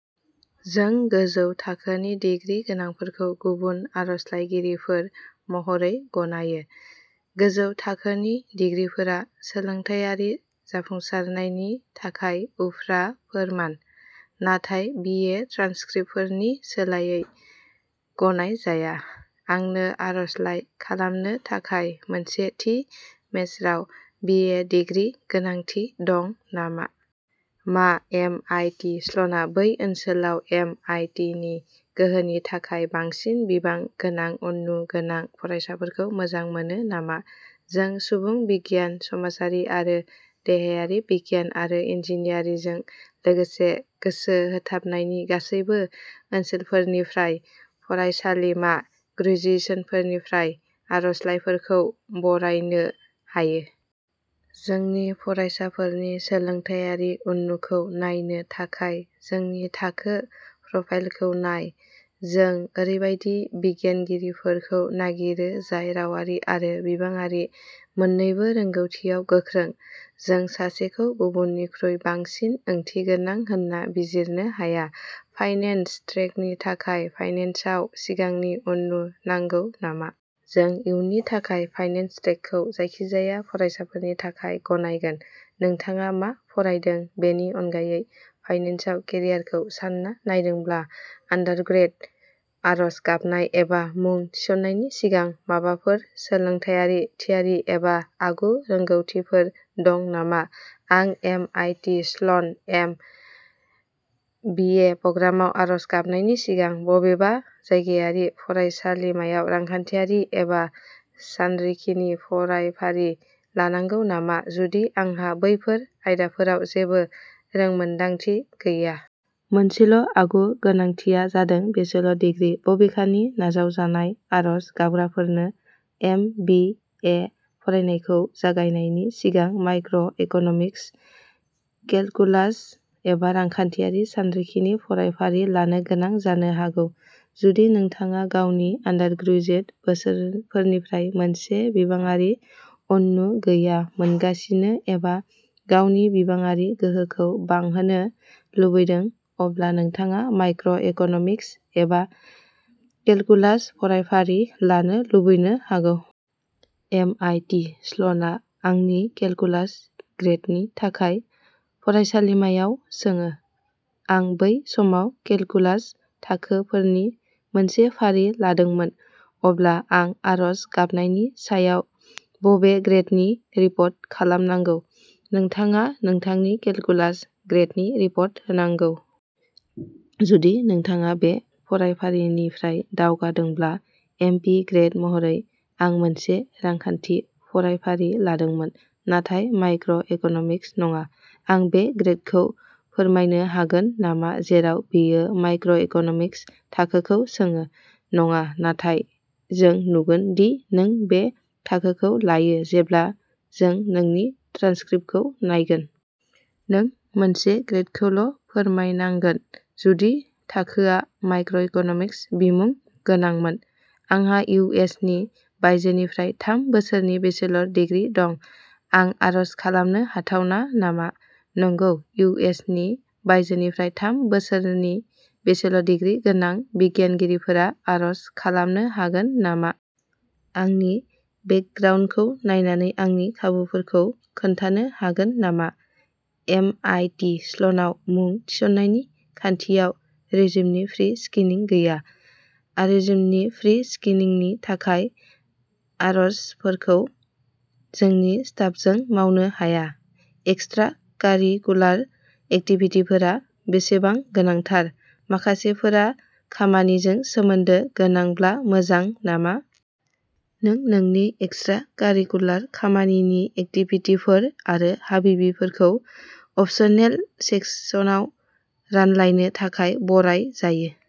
जों गोजौ थाखोनि डिग्रि गोनांफोरखौ गुबुन आर'जलाइगिरिफोर महरै गनायो। गोजौ थाखोनि डिग्रिफोरा सोलोंथायारि जाफुंसारनायनि थाखाय उफ्रा फोरमान, नाथाय बि ए ट्रान्सक्रिप्टफोरनि सोलायै गनायजाया। आंनो आर'जलाइ खालामनो थाखाय मोनसे थि मेजराव बि ए डिग्रीनि गोनांथि दं नामा? मा एम आइ टि स्ल'ना बै ओनसोलाव एम आइ टि नि गोहोनि थाखाय बांसिन बिबां गोनां उननु गोनां फरायसाफोरखौ मोजां मोनो नामा? जों सुबुं बिगियान, समाजारि आरो देहायारि बिगियान आरो इन्जिनियारिंजों लोगोसे गोसो होथाबनायनि गासैबो ओनसोलफोरनिफ्राय फरायसालिमा ग्रेजुएट्सफोरनिफ्राय आर'जलाइफोरखौ बरायनो हायो। जोंनि फरायसाफोरनि सोलोंथायारि उननुखौ नायनो थाखाय जोंनि थाखो प्रफाइलखौ नाय। जों ओरैबायदि बिनायगिरिफोरखौ नागिरो जाय रावारि आरो बिबांआरि मोननैबो रोंग'थियाव गोख्रों। जों सासेखौ गुबुननिख्रुइ बांसिन ओंथिगोनां होन्ना बिजिरनो हाया। फाइनेन्स ट्रेकनि थाखाय फाइनेन्सआव सिगांनि उननु नांगौ नामा? जों इयुननि थाखाय फाइनेन्स ट्रेकखौ जायखिजाया फरायसाफोरनि थाखाय गनायगोन, नोंथाङा मा फरायदों बेनि अनगायै, फाइनेन्सआव केरियारखौ सान्ना नायदोंब्ला। आन्डारग्रेद। आर'ज गाबनाय एबा मुं थिसननायनि सिगां माबाफोर सोलोंथायारि थियारि एबा आगु-गोनांथिफोर दं नामा? आं M I T Sloan M B A प्रग्रामाव आरज गाबनायनि सिगां बबेबा जायगायारि फरायसालिमायाव रांखान्थियारि एबा सानरिखिनि फरायफारि लानांगौ नामा, जुदि आंहा बैफोर आयदाफोराव जेबो रोंमोनदांथि गैया? मोनसेल'आगु-गोनांथिआ जादों बेचलर दिग्रि। बबेखानि, नाजावजानाय आरज गाबग्राफोरनो एम बि ए फरायनायखौ जागायनायनि सिगां माइक्र' इक'नमिक्स, केलकुलास, एबा रांखान्थियारि सानरिखिनि फरायफारि लानो गोनां जानो हागौ। जुदि नोंथाङा गावनि आन्डारग्रेजुएट बोसोरफोरनिफ्राय मोनसे बिबांआरि उननु गैया मोनगासिनो एबा गावनि बिबांआरि गोहोखौ बांहोनो लुबैदों, अब्ला नोंथाङा माइक्र' इक'न'मिक्स एबा केलकुलास फरायफारि लानो लुबैनो हागौ। एम आइ टि स्ल'नआ आंनि केलकुलास ग्रेडनि थाखाय फरायसालिमायाव सोङो। आं बै समाव केलकुलास थाखोफोरनि मोनसे फारि लादोंमोन, अब्ला आं आर'ज गाबनायनि सायाव बबे ग्रेडनि रिपर्ट खालामनांगौ? नोंथाङा नोंथांनि केलकुलास। ग्रेडनि रिपर्ट होनांगौ। जुदि नोंथाङा बे फरायफारिनिफ्राय दावगादोंब्ला, एपि ग्रेड महरै। आं मोनसे रांखान्थि फरायफारि लादोंमोन नाथाय माइक्र' इक'नमिक्स नङा। आं बे ग्रेडखौ फोरमायनो हागोन नामा जेराव बेयो माइक्र' इक'नमिक्स थाखोखौ सोङो? नङा, नाथाय जों नुगोन दि नों बे थाखोखौ लायो जेब्ला जों नोंनि ट्रान्सक्रिप्टखौ नायगोन। नों मोनसे ग्रेदखौल' फोरमायनांगोन जुदि थाखोआ माइक्र' इक'नमिक्स बिमुं गोनांमोन। आंहा इउ एस नि बायजोनिफ्राय थाम बोसोरनि बेचलर डिग्री दं। आं आर'ज खालामनो हाथावना नामा? नंगौ। इउ एस नि बायजोनिफ्राय थाम बोसोरनि बेचलर डिग्री गोनां बिनायगिरिफोरा आर'ज खालामनो हागोन नामा। आंनि बेकग्राउन्डखौ नायनानै आंनि खाबुफोरखौ खोन्थानो हागोन नामा? एम आइ टि स्ल'नाव मुं थिसननायनि खान्थियाव रिजुमेनि प्रि-स्क्रिनिं गैया। आर'जुमेनि प्रि-स्क्रिनिंनि थाखाय आर'ज्सफोरखौ जोंनि स्टाफजों मावनो हाया। एक्सट्रा-कारिकुलार एक्टिभिटिफोरा बेसेबां गोनांथार? माखासेफोरा खामानिजों सोमोन्दो गोनांब्ला मोजां नामा? नों नोंनि एक्सट्रा-कारिकुलार खामानिनि एक्टिभिटिफोर आरो हाबिबिफोरखौ अपसनेल क्वेश्चन सेक्सनाव रानलायनो थाखाय बराय जायो।